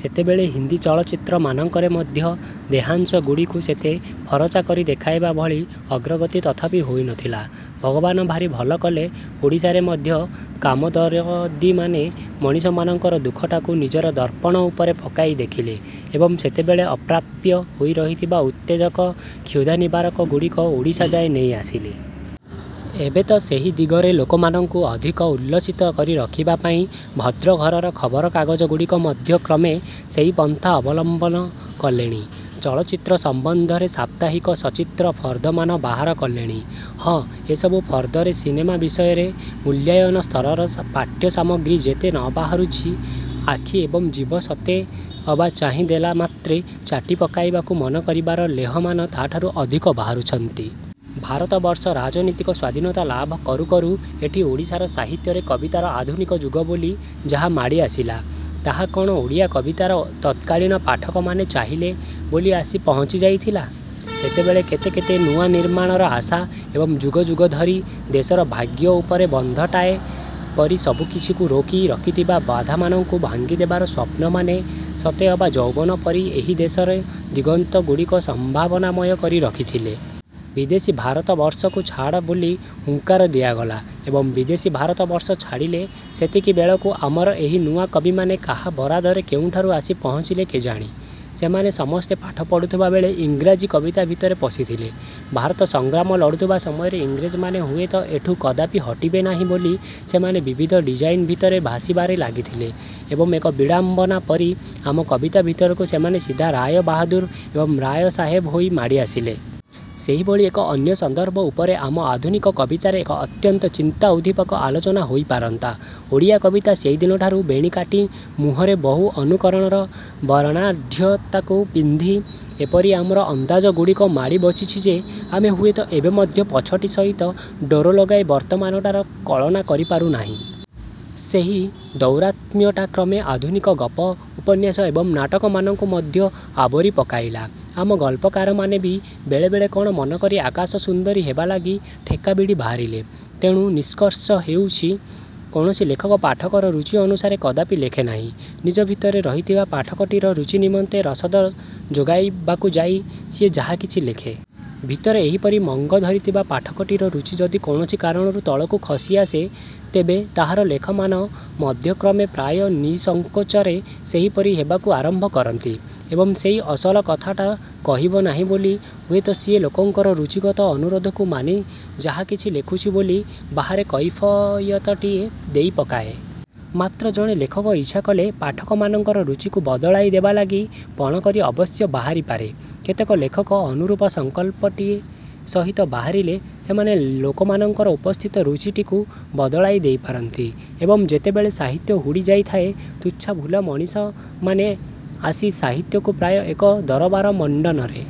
ସେତେବେଳେ ହିନ୍ଦି ଚଳଚ୍ଚିତ୍ର ମାନଙ୍କରେ ମଧ୍ୟ ଦେହାଂଶଗୁଡ଼ିକୁ ସେତେ ଫରଚା କରି ଦେଖାଇବା ଭଳି ଅଗ୍ରଗତି ତଥାପି ହୋଇନଥିଲା। ଭଗବାନ ଭାରି ଭଲ କଲେ ଓଡ଼ିଶାରେ ମଧ୍ୟ କାମଦରଦୀମାନେ ମଣିଷମାନଙ୍କର ଦୁଃଖଟାକୁ ନିଜର ଦର୍ପଣ ଉପରେ ପକାଇ ଦେଖିଲେ ଏବଂ ସେତେବେଳେ ଅପ୍ରାପ୍ୟ ହୋଇ ରହିଥିବା ଉତ୍ତେଜକ କ୍ଷୁଧାନିବାରକଗୁଡ଼ିକ ଓଡ଼ିଶା ଯାଏ ନେଇ ଆସିଲେ। ଏବେ ତ ସେହି ଦିଗରେ ଲୋକମାନଙ୍କୁ ଅଧିକ ଉଲ୍ଲସିତ କରି ରଖିବା ପାଇଁ ଭଦ୍ର ଘରର ଖବରକାଗଜଗୁଡ଼ିକ ମଧ୍ୟ କ୍ରମେ ସେହି ପନ୍ଥା ଅବଲମ୍ବନ କଲେଣି। ଚଳଚ୍ଚିତ୍ର ସମ୍ବନ୍ଧରେ ସାପ୍ତାହିକ ସଚିତ୍ର ଫର୍ଦ୍ଦମାନ ବାହାର କଲେଣି। ହଁ ଏସବୁ ଫର୍ଦ୍ଦରେ ସିନେମା ବିଷୟରେ ମୂଲ୍ୟାୟନସ୍ତରର ପାଠ୍ୟସାମଗ୍ରୀ ଯେତେ ନବାହାରୁଛି, ଆଖି ଏବଂ ଜିଭ ସତେ ଅବା ଚାହିଁ ଦେଲାମାତ୍ରେ ଚାଟି ପକାଇବାକୁ ମନ କରିବାର ଲେହମାନ ତାଠାରୁ ଅଧିକ ବାହାରୁଛନ୍ତି। ଭାରତବର୍ଷ ରାଜନୀତିକ ସ୍ୱାଧୀନତା ଲାଭ କରୁ କରୁ ଏଠି ଓଡ଼ିଶାର ସାହିତ୍ୟରେ କବିତାର ଆଧୁନିକ ଯୁଗ ବୋଲି ଯାହା ମାଡ଼ି ଆସିଲା, ତାହା କଣ ଓଡ଼ିଆ କବିତାର ତତ୍କାଳୀନ ପାଠକମାନେ ଚାହିଲେ ବୋଲି ଆସି ପହଞ୍ଚି ଯାଇଥିଲା? ସେତେବେଳେ କେତେ କେତେ ନୂଆ ନିର୍ମାଣର ଆଶା ଏବଂ ଯୁଗ ଯୁଗ ଧରି ଦେଶର ଭାଗ୍ୟ ଉପରେ ବନ୍ଧଟାଏ ପରି ସବୁକିଛିକୁ ରୋକି ରଖିଥିବା ବାଧାମାନଙ୍କୁ ଭାଙ୍ଗିଦେବାର ସ୍ଵପ୍ନମାନେ ସତେ ଅବା ଯୌବନ ପରି ଏହି ଦେଶରେ ଦିଗନ୍ତଗୁଡ଼ିକ ସମ୍ଭାବନାମୟ କରି ରଖିଥିଲେ। ବିଦେଶୀ ଭାରତବର୍ଷକୁ ଛାଡ଼ ବୋଲି ହୁଙ୍କାର ଦିଆଗଲା ଏବଂ ବିଦେଶୀ ଭାରତବର୍ଷ ଛାଡ଼ିଲେ। ସେତିକିବେଳକୁ ଆମର ଏହି ନୂଆ କବିମାନେ କାହା ବରାଦରେ କେଉଁଠାରୁ ଆସି ପହଞ୍ଚିଲେ କେଜାଣି? ସେମାନେ ସମସ୍ତେ ପାଠ ପଢୁଥିବା ବେଳେ ଇଂରାଜୀ କବିତା ଭିତରେ ପଶିଥିଲେ। ଭାରତ ସଂଗ୍ରାମ ଲଢୁଥିବା ସମୟରେ ଇଂରେଜମାନେ ହୁଏତ ଏଠୁ କଦାପି ହଟିବେ ନାହିଁ ବୋଲି ସେମାନେ ବିବିଧ ଡ଼ିଜାଇନ୍ ଭିତରେ ଭାସିବାରେ ଲାଗିଥିଲେ ଏବଂ ଏକ ବିଡାମ୍ବନା ପରି ଆମ କବିତା ଭିତରକୁ ସେମାନେ ସିଧା ରାୟ ବାହାଦୁର ଏବଂ ରାୟ ସାହେବ ହୋଇ ମାଡ଼ିଆସିଲେ। ସେହିଭଳି ଏକ ଅନ୍ୟ ସନ୍ଦର୍ଭ ଉପରେ ଆମ ଆଧୁନିକ କବିତାରେ ଏକ ଅତ୍ୟନ୍ତ ଚିନ୍ତାଉବ୍ଦୀପକ ଆଲୋଚନା ହୋଇପାରନ୍ତା। ଓଡ଼ିଆ କବିତା ସେହିଦିନଠାରୁ ବେଣୀ କାଟି ମୁହଁରେ ବହୁ ଅନୁକରଣର ବର୍ଣ୍ଣାଢ଼୍ୟତାକୁ ପିନ୍ଧି ଏପରି ଆମର ଅନ୍ଦାଜଗୁଡ଼ିକୁ ମାଡ଼ି ବସିଛି ଯେ, ଆମେ ହୁଏତ ଏବେ ମଧ୍ୟ ପଛଟି ସହିତ ଡୋର ଲଗାଇ ବର୍ତ୍ତମାନଟାର କଳନା କରି ପାରୁନାହିଁ। ସେହି ଦୌରାତ୍ମ୍ୟଟା କ୍ରମେ ଆଧୁନିକ ଗପ, ଉପନ୍ୟାସ ଏବଂ ନାଟକମାନଙ୍କୁ ମଧ୍ୟ ଆବୋରି ପକାଇଲା। ଆମ ଗଳ୍ପାକାରମାନେ ବି ବେଳେବେଳେ କଣ ମନକରି ଆକାଶସୁନ୍ଦରୀ ହେବାଲାଗି ଠେକା ଭିଡ଼ି ବାହାରିଲେ। ତେଣୁ ନିଷ୍କର୍ଷ ହେଉଛି, କୌଣସି ଲେଖକ ପାଠକର ରୁଚି ଅନୁସାରେ କଦାପି ଲେଖେନାହିଁ। ନିଜ ଭିତରେ ରହିଥିବା ପାଠକଟିର ରୁଚି ନିମନ୍ତେ ରସଦ ଯୋଗାଇବାକୁ ଯାଇ ସିଏ ଯାହାକିଛି ଲେଖେ। ଭିତରେ ଏହିପରି ମଙ୍ଗ ଧରିଥିବା ପାଠକଟିର ରୁଚି ଯଦି କୌଣସି କାରଣରୁ ତଳକୁ ଖସି ଆସେ, ତେବେ ତାହାର ଲେଖାମାନେ ମଧ୍ୟ କ୍ରମେ ପ୍ରାୟ ନିଃସଙ୍କୋଚରେ ସେହିପରି ହେବାକୁ ଆରମ୍ଭ କରନ୍ତି। ଏବଂ ସେହି ଅସଲ କଥାଟା କହିବ ନାହିଁ ବୋଲି ହୁଏତ ସିଏ ଲୋକଙ୍କର ରୁଚିଗତ ଅନୁରୋଧକୁ ମାନି ଯାହାକିଛି ଲେଖୁଛି ବୋଲି ବାହାରେ କୈଫିୟତଟିଏ ଦେଇପକାଏ। ମାତ୍ର ଜଣେ ଲେଖକ ଇଚ୍ଛା କଲେ ପାଠକମାନଙ୍କର ରୁଚିକୁ ବଦଳାଇ ଦେବାଲାଗି ପଣ କରି ଅବଶ୍ୟ ବାହାରିପାରେ। କେତେକ ଲେଖକ ଅନୁରୂପ ସଂକଳ୍ପଟିଏ ସହିତ ବାହାରିଲେ ସେମାନେ ଲୋକମାନଙ୍କର ଉପସ୍ଥିତ ରୁଚିଟିକୁ ବଦଳାଇ ଦେଇପାରନ୍ତି। ଏବଂ ଯେତେବେଳେ ସାହିତ୍ୟ ହୁଡ଼ି ଯାଇଥାଏ, ତୁଚ୍ଛା ଭୁଲ ମଣିଷମାନେ ଆସି ସାହିତ୍ୟକୁ ପ୍ରାୟ ଏକ ଦରବାରମଣ୍ଡନରେ